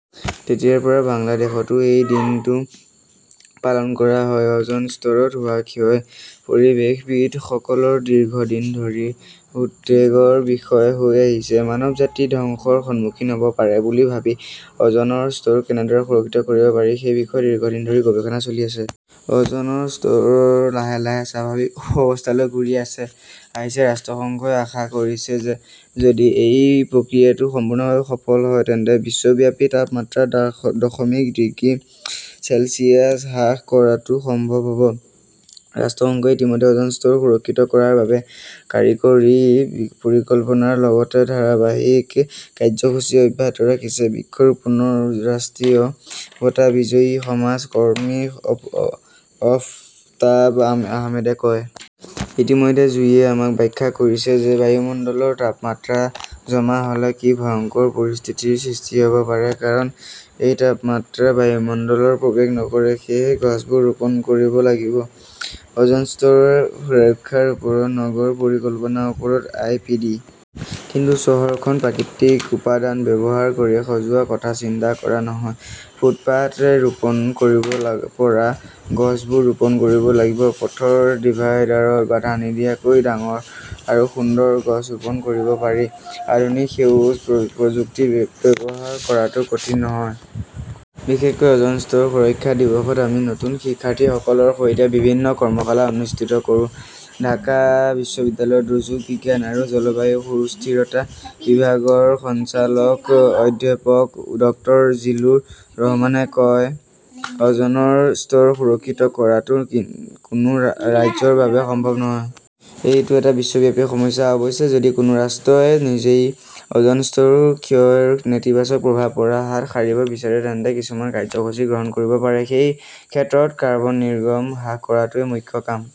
তেতিয়াৰ পৰা বাংলাদেশতো এই দিনটো পালন কৰা হয়। অ'জন স্তৰত হোৱা ক্ষয় পৰিৱেশবিদসকলৰ দীৰ্ঘদিন ধৰি উদ্বেগৰ বিষয় হৈ আহিছে। মানৱজাতি ধ্বংসৰ সন্মুখীন হ'ব পাৰে বুলি ভাবি, অ'জনৰ স্তৰ কেনেদৰে সুৰক্ষিত কৰিব পাৰি সেই বিষয়ে দীৰ্ঘদিন ধৰি গৱেষণা চলি আছে। অ'জনৰ স্তৰ লাহে লাহে স্বাভাৱিক অৱস্থালৈ ঘূৰি আহিছে। ৰাষ্ট্ৰসংঘই আশা কৰিছে যে যদি এই প্ৰক্ৰিয়াটো সম্পূৰ্ণৰূপে সফল হয়, তেন্তে বিশ্বব্যাপী তাপমাত্ৰা দশমিক ডিগ্ৰী চেলছিয়াছ হ্ৰাস কৰাটো সম্ভৱ হ'ব। ৰাষ্ট্ৰসংঘই ইতিমধ্যে অ'জনৰ স্তৰ সুৰক্ষিত কৰাৰ বাবে কাৰিকৰী পৰিকল্পনাৰ লগতে ধাৰাবাহিক কাৰ্যসূচী অব্যাহত ৰাখিছে, বৃক্ষৰোপণৰ ৰাষ্ট্ৰীয় বঁটা বিজয়ী সমাজ কৰ্মী অফতাব আহমেদে কয়। ইতিমধ্যে জুইয়ে আমাক ব্যাখ্যা কৰিছে যে বায়ুমণ্ডলত তাপমাত্ৰা জমা হ'লে কি ভয়ংকৰ পৰিস্থিতিৰ সৃষ্টি হ'ব পাৰে। কাৰণ এই তাপমাত্ৰা বায়ুমণ্ডলৰ প্ৰৱেশ নকৰে। সেয়েহে গছবোৰ ৰোপণ কৰিব লাগিব। অ'জন স্তৰৰ সুৰক্ষাৰ ওপৰত নগৰ পৰিকল্পনাৰ ওপৰত আই পি ডি। কিন্তু চহৰখন প্ৰাকৃতিক উপাদান ব্যৱহাৰ কৰি সজোৱাৰ কথা চিন্তা কৰা নহয়। ফুটপাত ৰোপণ কৰিব পৰা গছবোৰ ৰোপণ কৰিব লাগিব। পথৰ ডিভাইডাৰ বাধা নিদিয়াকৈ ডাঙৰ আৰু সুন্দৰ গছ ৰোপণ কৰিব পাৰি। আধুনিক সেউজ প্ৰযুক্তি ব্যৱহাৰ কৰাটো কঠিন নহয়। বিশেষকৈ অ'জন স্তৰ সুৰক্ষা দিৱসত আমি নতুন শিক্ষাৰ্থীসকলৰ সৈতে বিভিন্ন কৰ্মশালা অনুষ্ঠিত কৰো। ঢাকা বিশ্ববিদ্যালয়ৰ দুৰ্যোগ বিজ্ঞান আৰু জলবায়ু সুস্থিৰতা বিভাগৰ সঞ্চালক অধ্যাপক ডক্তৰ জিলুৰ ৰহমানে কয়, অ'জনৰ স্তৰ সুৰক্ষিত কৰাটো কোনো ৰাজ্যৰ বাবে সম্ভৱ নহয়। এইটো এটা বিশ্বব্যাপী সমস্যা। অৱশ্যে, যদি কোনো ৰাষ্ট্ৰই নিজেই অ'জন স্তৰৰ ক্ষয়ৰ নেতিবাচক প্ৰভাৱৰ পৰা হাত সাৰিব বিচাৰে, তেন্তে কিছুমান কাৰ্যসূচী গ্ৰহণ কৰিব পাৰে। সেই ক্ষেত্ৰত কাৰ্বন নিৰ্গম হ্ৰাস কৰাটোৱেই মুখ্য কাম।